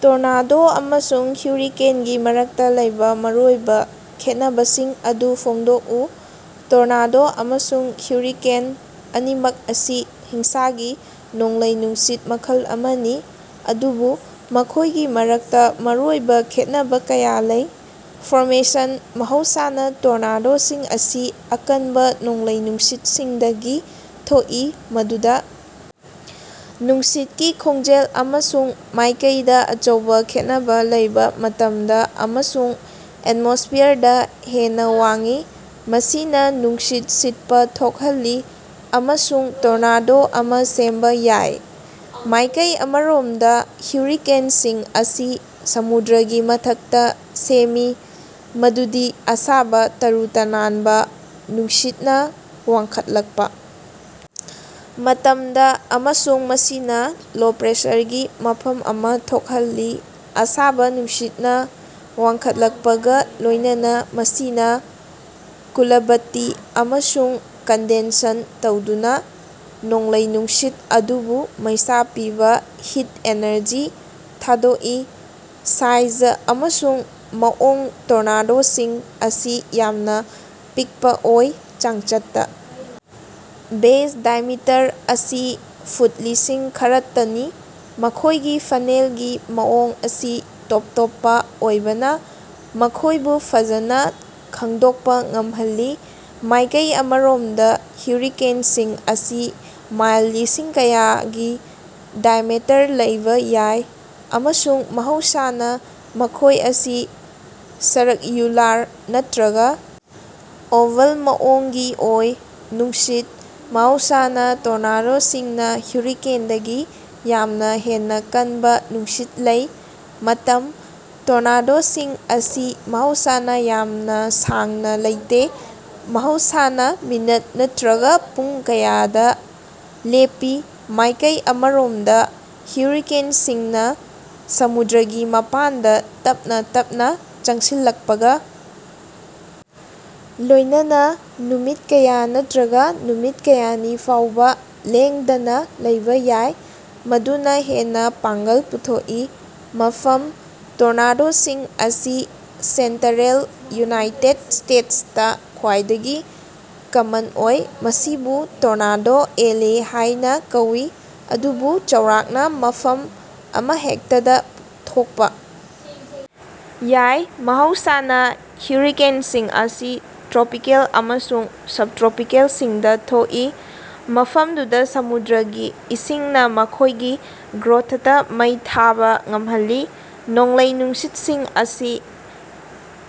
Tornado ꯑꯃꯁꯨꯡ ꯍ꯭ꯌꯨꯔꯤꯀꯦꯟꯒꯤ ꯃꯔꯛꯇ ꯂꯩꯕ ꯃꯔꯨꯑꯣꯏꯕ ꯈꯦꯠꯅꯕꯁꯤꯡ ꯑꯗꯨ ꯐꯣꯡꯗꯣꯛꯎ꯫ ꯇꯣꯔꯅꯥꯗꯣ ꯑꯃꯁꯨꯡ ꯍ꯭ꯌꯨꯔꯤꯀꯦꯟ ꯑꯅꯤꯃꯛ ꯑꯁꯤ ꯍꯤꯡꯁꯥꯒꯤ ꯅꯣꯡꯂꯩ-ꯅꯨꯡꯁꯤꯠ ꯃꯈꯜ ꯑꯃꯅꯤ꯫ ꯑꯗꯨꯕꯨ ꯃꯈꯣꯏꯒꯤ ꯃꯔꯛꯇ ꯃꯔꯨꯑꯣꯏꯕ ꯈꯦꯠꯅꯕ ꯀꯌꯥ ꯂꯩ꯫ ꯐꯣꯔꯃꯦꯁꯟ: ꯃꯍꯧꯁꯥꯅ ꯇꯣꯔꯅꯥꯗꯣꯁꯤꯡ ꯑꯁꯤ ꯑꯀꯟꯕ ꯅꯣꯡꯂꯩ-ꯅꯨꯡꯁꯤꯠꯁꯤꯡꯗꯒꯤ ꯊꯣꯛꯏ꯫ ꯃꯗꯨꯗ ꯅꯨꯡꯁꯤꯠꯀꯤ ꯈꯣꯡꯖꯦꯜ ꯑꯃꯁꯨꯡ ꯃꯥꯢꯀꯩꯗ ꯑꯆꯧꯕ ꯈꯦꯠꯅꯕ ꯂꯩꯕ ꯃꯇꯝꯗ ꯑꯃꯁꯨꯡ ꯑꯦꯇꯃꯣꯁ꯭ꯐꯤꯌꯔꯗ ꯍꯦꯟꯅ ꯋꯥꯡꯏ꯫ ꯃꯁꯤꯅ ꯅꯨꯡꯁꯤꯠ ꯁꯤꯠꯄ ꯊꯣꯛꯍꯜꯂꯤ꯫ ꯑꯃꯁꯨꯡ ꯇꯣꯔꯅꯥꯗꯣ ꯑꯃ ꯁꯦꯝꯕ ꯌꯥꯏ꯫ ꯃꯥꯏꯀꯩ ꯑꯃꯔꯣꯝꯗ, ꯍ꯭ꯌꯨꯔꯤꯀꯦꯟꯁꯤꯡ ꯑꯁꯤ ꯁꯃꯨꯗ꯭ꯔꯒꯤ ꯃꯊꯛꯇ ꯁꯦꯝꯃꯤ꯫ ꯃꯗꯨꯗꯤ ꯑꯁꯥꯕ ꯇꯔꯨ-ꯇꯅꯥꯟꯕ ꯅꯨꯡꯁꯤꯠꯅ ꯋꯥꯡꯈꯠꯂꯛꯄ ꯃꯇꯝꯗ ꯑꯃꯁꯨꯡ ꯃꯁꯤꯅ ꯂꯣ ꯄ꯭ꯔꯦꯁꯔꯒꯤ ꯃꯐꯝ ꯑꯃ ꯊꯣꯛꯍꯜꯂꯤ꯫ ꯑꯁꯥꯕ ꯅꯨꯡꯁꯤꯠꯅ ꯋꯥꯡꯈꯠꯂꯛꯄꯒ ꯂꯣꯏꯅꯅ ꯃꯁꯤꯅ ꯀꯨꯂꯕꯇꯤ ꯑꯃꯁꯨꯡ ꯀꯟꯗꯦꯟꯁꯟ ꯇꯧꯗꯨꯅ ꯅꯣꯡꯂꯩ-ꯅꯨꯡꯁꯤꯠ ꯑꯗꯨꯕꯨ ꯃꯩꯁꯥ ꯄꯤꯕ ꯍꯤꯠ ꯑꯦꯅꯔꯖꯤ ꯊꯥꯗꯣꯛꯏ꯫ ꯁꯥꯏꯖ ꯑꯃꯁꯨꯡ ꯃꯑꯣꯡ: ꯇꯣꯔꯅꯥꯗꯣꯁꯤꯡ ꯑꯁꯤ ꯌꯥꯝꯅ ꯄꯤꯛꯄ ꯑꯣꯏ꯫ ꯆꯥꯡꯆꯠꯇ ꯕꯦꯖ ꯗꯥꯏꯑꯦꯃꯤꯇꯔ ꯑꯁꯤ ꯐꯨꯠ ꯂꯤꯁꯤꯡ ꯈꯔꯈꯛꯇꯅꯤ꯫ ꯃꯈꯣꯏꯒꯤ ꯐꯅꯦꯜꯒꯤ ꯃꯑꯣꯡ ꯑꯁꯤ ꯇꯣꯞ ꯇꯣꯞꯄ ꯑꯣꯏꯕꯅ ꯃꯈꯣꯏꯕꯨ ꯐꯖꯅ ꯈꯪꯗꯣꯛꯄ ꯉꯝꯍꯜꯂꯤ꯫ ꯃꯥꯏꯀꯩ ꯑꯃꯔꯣꯝꯗ, ꯍ꯭ꯌꯨꯔꯤꯀꯦꯟꯁꯤꯡ ꯑꯁꯤ ꯃꯥꯏꯜ ꯂꯤꯁꯤꯡ ꯀꯌꯥꯒꯤ ꯗꯥꯏꯑꯦꯃꯤꯇꯔ ꯂꯩꯕ ꯌꯥꯏ꯫ ꯑꯃꯁꯨꯡ ꯃꯍꯧꯁꯥꯅ ꯃꯈꯣꯢ ꯑꯁꯤ ꯁꯔꯛꯌꯨꯂꯥꯔ ꯅꯠꯇ꯭ꯔꯒ ꯑꯣꯚꯜ ꯃꯑꯣꯡꯒꯤ ꯑꯣꯏ꯫ ꯅꯨꯡꯁꯤꯠ: ꯃꯍꯧꯁꯥꯅ ꯇꯣꯔꯅꯥꯗꯣꯁꯤꯡꯅ ꯍ꯭ꯌꯨꯔꯤꯀꯦꯟꯗꯒꯤ ꯌꯥꯝꯅ ꯍꯦꯟꯅ ꯀꯟꯕ ꯅꯨꯡꯁꯤꯠ ꯂꯩ꯫ ꯃꯇꯝ: ꯇꯣꯔꯅꯥꯗꯣꯁꯤꯡ ꯑꯁꯤ ꯃꯍꯧꯁꯥꯅ ꯌꯥꯝꯅ ꯁꯥꯡꯅ ꯂꯩꯇꯦ꯫ ꯃꯍꯧꯁꯥꯅ ꯃꯤꯅꯠ ꯅꯠꯇ꯭ꯔꯒ ꯄꯨꯡ ꯀꯌꯥꯗ ꯂꯦꯞꯄꯤ꯫ ꯃꯥꯏꯀꯩ ꯑꯃꯔꯣꯝꯗ, ꯍ꯭ꯌꯨꯔꯤꯀꯦꯟꯁꯤꯡꯅ ꯁꯃꯨꯗ꯭ꯔꯒꯤ ꯃꯄꯥꯟꯗ ꯇꯞꯅ ꯇꯞꯅ ꯆꯪꯁꯤꯜꯂꯛꯄꯒ ꯂꯣꯏꯅꯅ ꯅꯨꯃꯤꯠ ꯀꯌꯥ ꯅꯠꯇ꯭ꯔꯒ ꯅꯨꯃꯤꯠ ꯀꯌꯥꯅꯤ ꯐꯥꯎꯕ ꯂꯦꯡꯗꯅ ꯂꯩꯕꯥ ꯌꯥꯏ꯫ ꯃꯗꯨꯅ ꯍꯦꯟꯅ ꯄꯥꯡꯒꯜ ꯄꯨꯊꯣꯛꯏ꯫ ꯃꯐꯝ: ꯇꯣꯔꯅꯥꯗꯣꯁꯤꯡ ꯑꯁꯤ ꯁꯦꯟꯇꯔꯦꯜ ꯌꯨꯅꯥꯏꯇꯦꯗ ꯁ꯭ꯇꯦꯇꯁꯇꯥ ꯈ꯭ꯋꯥꯏꯗꯒꯤ ꯀꯃꯟ ꯑꯣꯏ꯫ ꯃꯁꯤꯕꯨ "ꯇꯣꯔꯅꯥꯗꯣ ꯑꯦꯂꯦ" ꯍꯥꯏꯅ ꯀꯧꯏ꯫ ꯑꯗꯨꯕꯨ ꯆꯥꯎꯔꯥꯛꯅ ꯃꯐꯝ ꯑꯃꯍꯦꯛꯇꯗ ꯊꯣꯛꯄ ꯌꯥꯏ꯫ ꯃꯍꯧꯁꯥꯅ ꯍ꯭ꯌꯨꯔꯤꯀꯦꯟꯁꯤꯡ ꯑꯁꯤ ꯇ꯭ꯔꯣꯄꯤꯀꯦꯜ ꯑꯃꯁꯨꯡ ꯁꯕ-ꯇ꯭ꯔꯣꯄꯤꯀꯦꯜꯁꯤꯡꯗ ꯊꯣꯛꯏ꯫ ꯃꯐꯝꯗꯨꯗ ꯁꯃꯨꯗ꯭ꯔꯒꯤ ꯏꯁꯤꯡꯅ ꯃꯈꯣꯏꯒꯤ ꯒ꯭ꯔꯣꯊꯇꯥ ꯃꯩ ꯊꯥꯕꯥ ꯉꯝꯍꯜꯂꯤ꯫ ꯅꯣꯡꯂꯩ-ꯅꯨꯡꯁꯤꯠꯁꯤꯡ ꯑꯁꯤ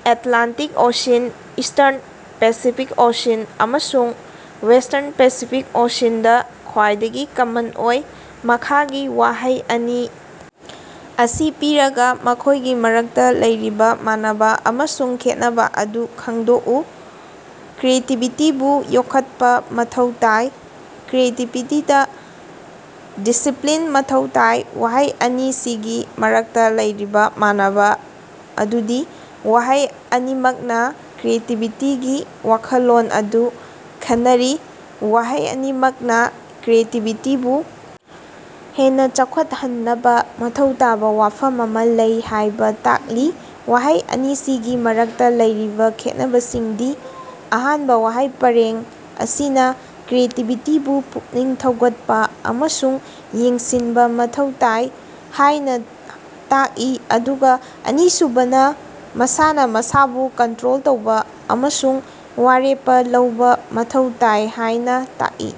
Atlantic Ocean, eastern Pacific Ocean ꯑꯃꯁꯨꯡ ꯋꯦꯁ꯭ꯇꯔꯟ ꯄꯦꯁꯤꯐꯤꯛ ꯑꯣꯁꯤꯟꯗ ꯈ꯭ꯋꯥꯏꯗꯒꯤ ꯀꯃꯟ ꯑꯣꯏ꯫ ꯃꯈꯥꯒꯤ ꯋꯥꯍꯩ ꯑꯅꯤ ꯑꯁꯤ ꯄꯤꯔꯒ ꯃꯈꯣꯏꯒꯤ ꯃꯔꯛꯇ ꯂꯩꯔꯤꯕ ꯃꯥꯟꯅꯕ ꯑꯃꯁꯨꯡ ꯈꯦꯠꯅꯕ ꯑꯗꯨ ꯈꯪꯗꯣꯛꯎ꯫ ꯀ꯭ꯔꯤꯌꯦꯇꯤꯕꯤꯇꯤꯕꯨ ꯌꯣꯛꯈꯠꯄ ꯃꯊꯧ ꯇꯥꯏ꯫ ꯀ꯭ꯔꯤꯌꯦꯇꯤꯕꯤꯇꯤꯗ ꯗꯤꯁꯤꯞꯂꯤꯟ ꯃꯊꯧ ꯇꯥꯏ꯫ ꯋꯥꯍꯩ ꯑꯅꯤꯁꯤꯒꯤ ꯃꯔꯛꯇ ꯂꯩꯔꯤꯕ ꯃꯥꯟꯅꯕ ꯑꯗꯨꯗꯤ: ꯋꯥꯍꯩ ꯑꯅꯤꯃꯛꯅ ꯀ꯭ꯔꯤꯌꯦꯇꯤꯕꯤꯇꯤꯒꯤ ꯋꯥꯈꯜꯂꯣꯟ ꯑꯗꯨ ꯈꯟꯅꯔꯤ꯫ ꯋꯥꯍꯩ ꯑꯅꯤꯃꯛꯅ ꯀ꯭ꯔꯤꯌꯦꯇꯤꯕꯤꯇꯤꯕꯨ ꯍꯦꯟꯅ ꯆꯥꯎꯈꯠꯍꯟꯅꯕ ꯃꯊꯧ ꯇꯥꯕ ꯋꯥꯐꯝ ꯑꯃ ꯂꯩ ꯍꯥꯏꯕ ꯇꯥꯛꯂꯤ꯫ ꯋꯥꯍꯩ ꯑꯅꯤꯁꯤꯒꯤ ꯃꯔꯛꯇ ꯂꯩꯔꯤꯕ ꯈꯦꯠꯅꯕꯁꯤꯡꯗꯤ: ꯑꯍꯥꯟꯕ ꯋꯥꯍꯩ ꯄꯔꯦꯡ ꯑꯁꯤꯅ ꯀ꯭ꯔꯤꯌꯦꯇꯤꯕꯤꯇꯤꯕꯨ ꯄꯨꯛꯅꯤꯡ ꯊꯧꯒꯠꯄ ꯑꯃꯁꯨꯡ ꯌꯦꯡꯁꯤꯟꯕ ꯃꯊꯧ ꯇꯥꯏ꯫ ꯍꯥꯏꯅ ꯇꯥꯛꯏ ꯑꯗꯨꯒ ꯑꯅꯤꯁꯨꯕꯅ ꯃꯁꯥꯅ ꯃꯁꯥꯕꯨ ꯀꯟꯇ꯭ꯔꯣꯜ ꯇꯧꯕ ꯑꯃꯁꯨꯡ ꯋꯥꯔꯦꯞꯄ ꯂꯧꯕ ꯃꯊꯧ ꯇꯥꯏ ꯍꯥꯏꯅꯥ ꯇꯥꯛꯏ꯫